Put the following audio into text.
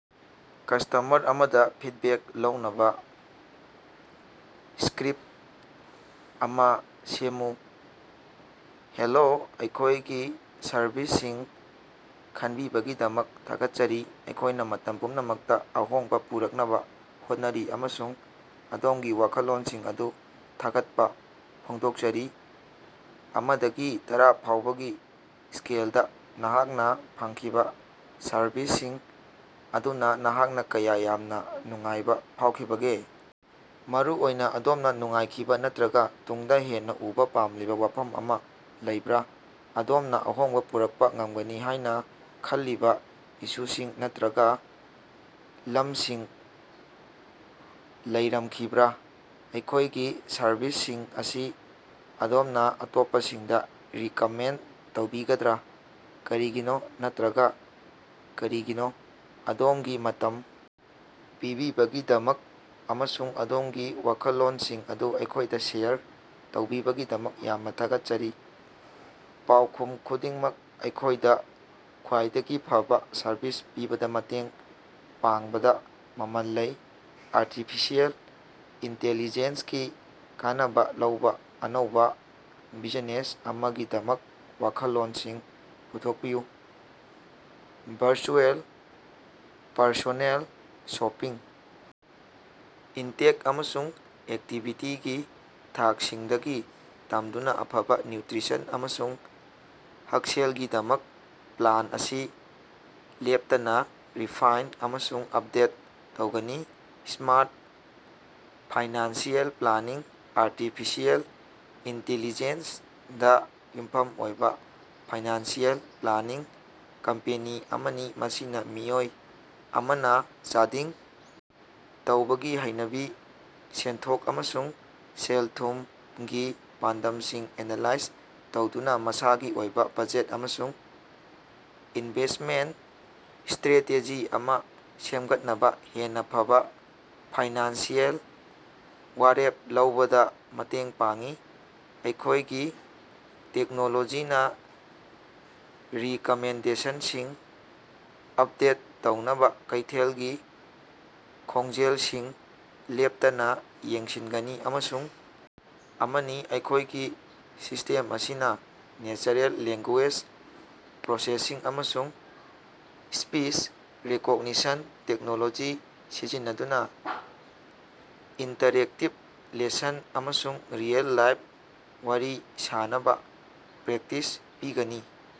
Customer ꯑꯃꯗ feedback ꯂꯧꯅꯕ script ꯑꯃ ꯁꯦꯝꯃꯨ꯫ ꯍꯦꯜꯂꯣ, ꯑꯩꯈꯣꯏꯒꯤ ꯁꯔꯚꯤꯁꯁꯤꯡ ꯈꯟꯕꯤꯕꯒꯤꯗꯃꯛ ꯊꯥꯒꯠꯆꯔꯤ꯫ ꯑꯩꯈꯣꯏꯅ ꯃꯇꯝ ꯄꯨꯝꯅꯃꯛꯇ ꯑꯍꯣꯡꯕ ꯄꯨꯔꯛꯅꯕꯥ ꯍꯣꯠꯅꯔꯤ ꯑꯃꯁꯨꯡ ꯑꯗꯣꯝꯒꯤ ꯋꯥꯈꯜꯂꯣꯟꯁꯤꯡ ꯑꯗꯨ ꯊꯥꯒꯠꯄ ꯐꯣꯡꯗꯣꯛꯆꯔꯤ꯫ ꯑꯃ ꯗꯒꯤ ꯇꯔꯥ ꯐꯥꯎꯕꯒꯤ ꯁ꯭ꯀꯦꯜꯗꯥ, ꯅꯍꯥꯛꯅ ꯐꯪꯈꯤꯕ ꯁꯔꯚꯤꯁꯁꯤꯡ ꯑꯗꯨꯗ ꯅꯍꯥꯛꯅ ꯀꯌꯥ ꯌꯥꯝꯅ ꯅꯨꯡꯉꯥꯏꯕ ꯐꯥꯎꯈꯤꯕꯒꯦ? ꯃꯔꯨꯑꯣꯏꯅ ꯑꯗꯣꯝꯅ ꯅꯨꯡꯉꯥꯏꯈꯤꯕ ꯅꯠꯇꯔꯒ ꯇꯨꯡꯗ ꯍꯦꯟꯅ ꯎꯕꯥ ꯄꯥꯝꯂꯤꯕꯥ ꯋꯥꯐꯝ ꯑꯃ‌ ꯂꯩꯕꯔꯥ? ꯑꯗꯣꯝꯅ ꯑꯍꯣꯡꯕ ꯄꯨꯔꯛꯄ ꯉꯝꯒꯅꯤ ꯍꯥꯏꯅ ꯈꯜꯂꯤꯕ‌ ꯏꯁꯨꯁꯤꯡ ꯅꯠꯇꯔꯒ ꯂꯝꯁꯤꯡ ꯂꯩꯔꯝꯈꯤꯕꯔꯥ? ꯑꯩꯈꯣꯏꯒꯤ ꯁꯔꯚꯤꯁꯁꯤꯡ ꯑꯁꯤ ꯑꯗꯣꯝꯅ ꯑꯇꯣꯞꯄꯁꯤꯡꯗ ꯔꯤꯀꯃꯦꯟꯗ ꯇꯧꯕꯤꯒꯗ꯭ꯔꯥ? ꯀꯔꯤꯒꯤꯅꯣ ꯅꯠꯇꯔꯒ ꯀꯔꯤꯒꯤꯅꯣ? ꯑꯗꯣꯝꯒꯤ ꯃꯇꯝ ꯄꯤꯕꯤꯕꯒꯤꯗꯃꯛ ꯑꯃꯁꯨꯡ ꯑꯗꯣꯝꯒꯤ ꯋꯥꯈꯜꯂꯣꯟꯁꯤꯡ ꯑꯗꯨ ꯑꯩꯈꯣꯏꯗ ꯁꯦꯌꯔ ꯇꯧꯕꯤꯕꯒꯤꯗꯃꯛ ꯌꯥꯝꯅ ꯊꯥꯒꯠꯆꯔꯤ꯫ ꯄꯥꯎꯈꯨꯝ ꯈꯨꯗꯤꯡꯃꯛ ꯑꯩꯈꯣꯏꯗ ꯈ꯭ꯋꯥꯏꯗꯒꯤ ꯐꯕꯥ ꯁꯔꯕꯤꯁ ꯄꯤꯕꯗꯥ ꯃꯇꯦꯡ ꯄꯥꯡꯕꯗꯥ ꯃꯃꯜ ꯂꯩ꯫ ꯑꯥꯔꯇꯤꯐꯤꯁꯤꯑꯦꯜ ꯏꯟꯇꯦꯂꯤꯖꯦꯟꯁꯀꯤ ꯀꯥꯟꯅꯕꯥ ꯂꯧꯕ ꯑꯅꯧꯕ ꯕꯤꯖꯤꯅꯦꯁ ꯑꯃꯒꯤꯗꯃꯛ ꯋꯥꯈꯜꯂꯣꯟꯁꯤꯡ ꯄꯨꯊꯣꯛꯄꯤꯌꯨ꯫ ꯚꯔꯆꯨꯑꯦꯜ ꯄꯔꯁꯣꯅꯦꯜ ꯁꯣꯄꯤꯡ ꯏꯟꯇꯦꯛ ꯑꯃꯁꯨꯡ ꯑꯦꯛꯇꯤꯚꯤꯇꯤꯒꯤ ꯊꯥꯛꯁꯤꯡꯗꯒꯤ ꯇꯝꯗꯨꯅꯥ ꯑꯐꯕ ꯅ꯭ꯌꯨꯇ꯭ꯔꯤꯁꯟ ꯑꯃꯁꯨꯡ ꯍꯛꯁꯦꯜꯒꯤꯗꯃꯛ ꯄ꯭ꯂꯥꯟ ꯑꯁꯤ ꯂꯦꯞꯇꯥꯅ ꯔꯤꯐꯥꯏꯟꯅꯥ ꯑꯃꯁꯨꯡ ꯑꯞꯗꯦꯠ ꯇꯧꯒꯅꯤ꯫ Smart financial planning - artificial intelligence ꯗꯥ ꯌꯨꯝꯐꯝ ꯑꯣꯏꯕ ꯐꯥꯏꯅꯥꯟꯁꯤꯑꯦꯜ ꯄ꯭ꯂꯥꯅꯤꯡ ꯀꯝꯄꯦꯅꯤ ꯑꯃꯅꯤ, ꯃꯁꯤꯅ ꯃꯤꯑꯣꯏ ꯑꯃꯅ ꯆꯥꯗꯤꯡ ꯇꯧꯕꯒꯤ ꯍꯩꯅꯕꯤ, ꯁꯦꯟꯊꯣꯛ, ꯑꯃꯁꯨꯡ ꯁꯦꯜ-ꯊꯨꯝꯒꯤ ꯄꯥꯟꯗꯝꯁꯤꯡ ꯑꯦꯅꯥꯂꯥꯏꯖ ꯇꯧꯗꯨꯅ ꯃꯁꯥꯒꯤ ꯑꯣꯏꯕ ꯕꯖꯦꯠ ꯑꯃꯁꯨꯡ ꯏꯟꯚꯦꯁ꯭ꯇꯃꯦꯟꯇ ꯁ꯭ꯇꯔꯦꯇꯦꯖꯤ ꯑꯃ ꯁꯦꯝꯒꯠꯅꯕ ꯍꯦꯟꯅ ꯐꯕꯥ ꯐꯥꯏꯅꯥꯟꯁꯤꯑꯦꯜ ꯋꯥꯔꯦꯞ ꯂꯧꯕꯗ ꯃꯇꯦꯡ ꯄꯥꯡꯏ꯫ ꯑꯩꯈꯣꯏꯒꯤ ꯇꯦꯛꯅꯣꯂꯣꯖꯤꯅ ꯔꯤꯀꯃꯦꯟꯗꯦꯁꯟꯁꯤꯡ ꯑꯞꯗꯦꯠ ꯇꯧꯅꯕ ꯀꯩꯊꯦꯜꯒꯤ ꯈꯣꯡꯖꯦꯜꯁꯤꯡ ꯂꯦꯞꯇꯅꯥ ꯌꯦꯡꯁꯤꯟꯒꯅꯤ ꯑꯃꯁꯨꯡ ꯑꯃꯅꯤ꯫ ꯑꯩꯈꯣꯏꯒꯤ ꯁꯤꯁꯇꯦꯝ ꯑꯁꯤꯅ ꯅꯦꯆꯔꯦꯜ ꯂꯦꯡꯒꯨꯌꯦꯖ ꯄ꯭ꯔꯣꯁꯦꯁꯤꯡ ꯑꯃꯁꯨꯡ ꯁ꯭ꯄꯤꯆ ꯔꯤꯀꯣꯒꯅꯤꯁꯟ ꯇꯦꯛꯅꯣꯂꯣꯖꯤ ꯁꯤꯖꯤꯟꯅꯗꯨꯅ ꯏꯟꯇꯔꯦꯛꯇꯤꯕ ꯂꯦꯁꯟ ꯑꯃꯁꯨꯡ ꯔꯤꯑꯦꯜ-ꯂꯥꯏꯐ ꯋꯥꯔꯤ ꯁꯥꯅꯕꯥ ꯄ꯭ꯔꯦꯛꯇꯤꯁ ꯄꯤꯒꯅꯤ꯫